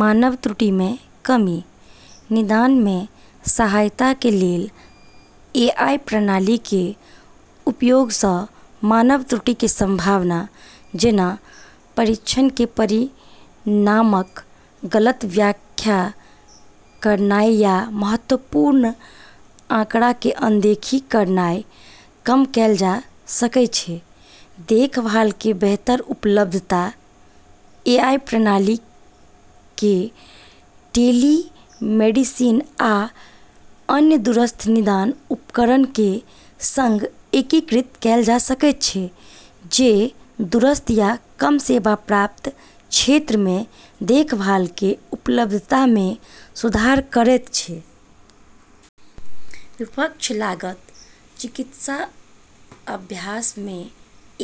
मानव त्रुटिमे कमी: निदानमे सहायताके लेल एआई प्रणालीके उपयोगसँ मानव त्रुटिके संभावना, जेना परीक्षणके परिणामक गलत व्याख्या करनाइ या महत्वपूर्ण आँकड़ाके अनदेखी करनाइ, कम कैल जा सकै छै। देखभालके बेहतर उपलब्धता: एआई प्रणालीके टेलीमेडिसिन आ अन्य दूरस्थ निदान उपकरणके सङ्ग एकीकृत कैल जा सकै छै, जे दूरस्थ या कम सेवा प्राप्त क्षेत्रमे देखभालके उपलब्धतामे सुधार करैत छै। विपक्ष: लागत: चिकित्सा अभ्यासमे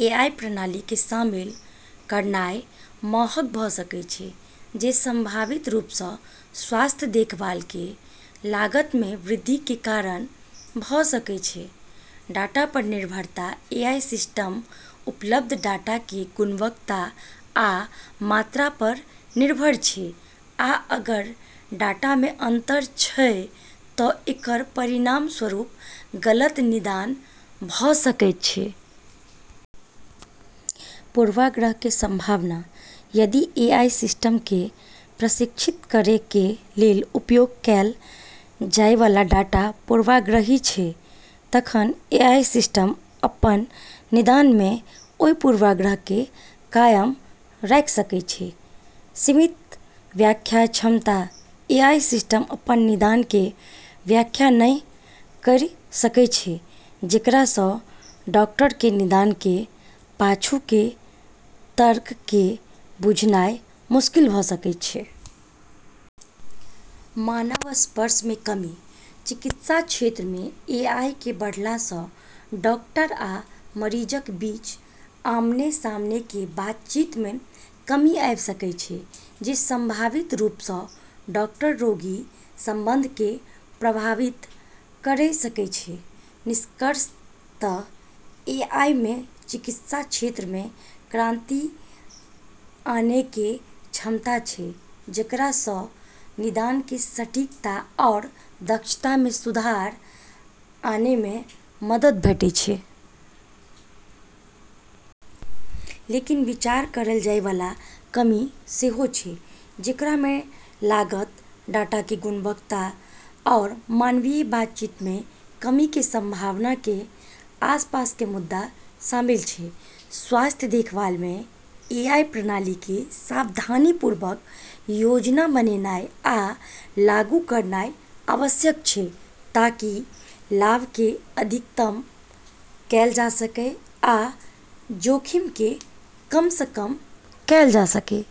एआई प्रणालीके शामिल करनाइ महग भ' सकै छै, जे संभावित रूपसँ स्वास्थ्य देखभालके लागतमे वृद्धिके कारण भ' सकै छै। डाटा पर निर्भरता: एआई सिस्टम उपलब्ध डाटाके गुणवत्ता आ मात्रा पर निर्भर छै, आ अगर डाटामे अंतर छै त' एकर परिणामस्वरूप गलत निदान भ' सकै छै। पूर्वाग्रहके संभावना: यदि एआई सिस्टमके प्रशिक्षित करैके लेल उपयोग कैल जाइबला डाटा पूर्वाग्रही छै, तखन एआई सिस्टम अपन निदानमे ओइ पूर्वाग्रहके कायम राखि सकै छै। सीमित व्याख्या क्षमता: एआई सिस्टम अपन निदानके व्याख्या नहि करि सकै छै, जेकरासँ डॉक्टरके निदानके पाछूके तर्कके बुझनाइ मुश्किल भ' सकै छै। मानव स्पर्शमे कमी: चिकित्सा क्षेत्रमे एआईके बढ़लासँ डॉक्टर आ मरीजक बीच आमने-सामनेके बातचीत मे कमी आबि सकै छै, जे संभावित रूपसँ डॉक्टर-रोगी संबंधके प्रभावित करि सकै छै। निष्कर्षतः, एआईमे चिकित्सा क्षेत्रमे क्रांति आनैके क्षमता छै, जेकरासँ निदान केर सटीकता आओर दक्षतामे सुधार आनैमे मदद भेटै छै। लेकिन विचार करल जाइबला कमी सेहो छै, जेकरामे लागत, डाटाके गुणवत्ता, आओर मानवीय बातचीतमे कमीके संभावनाके आसपासके मुद्दा शामिल छै। स्वास्थ्य देखभालमे एआई प्रणालीके सावधानीपूर्वक योजना बनेनाइ आ लागू करनाइ आवश्यक छै, ताकि लाभके अधिकतम कैल जा सकै आ जोखिमके कमसँ कम कैल जा सकै।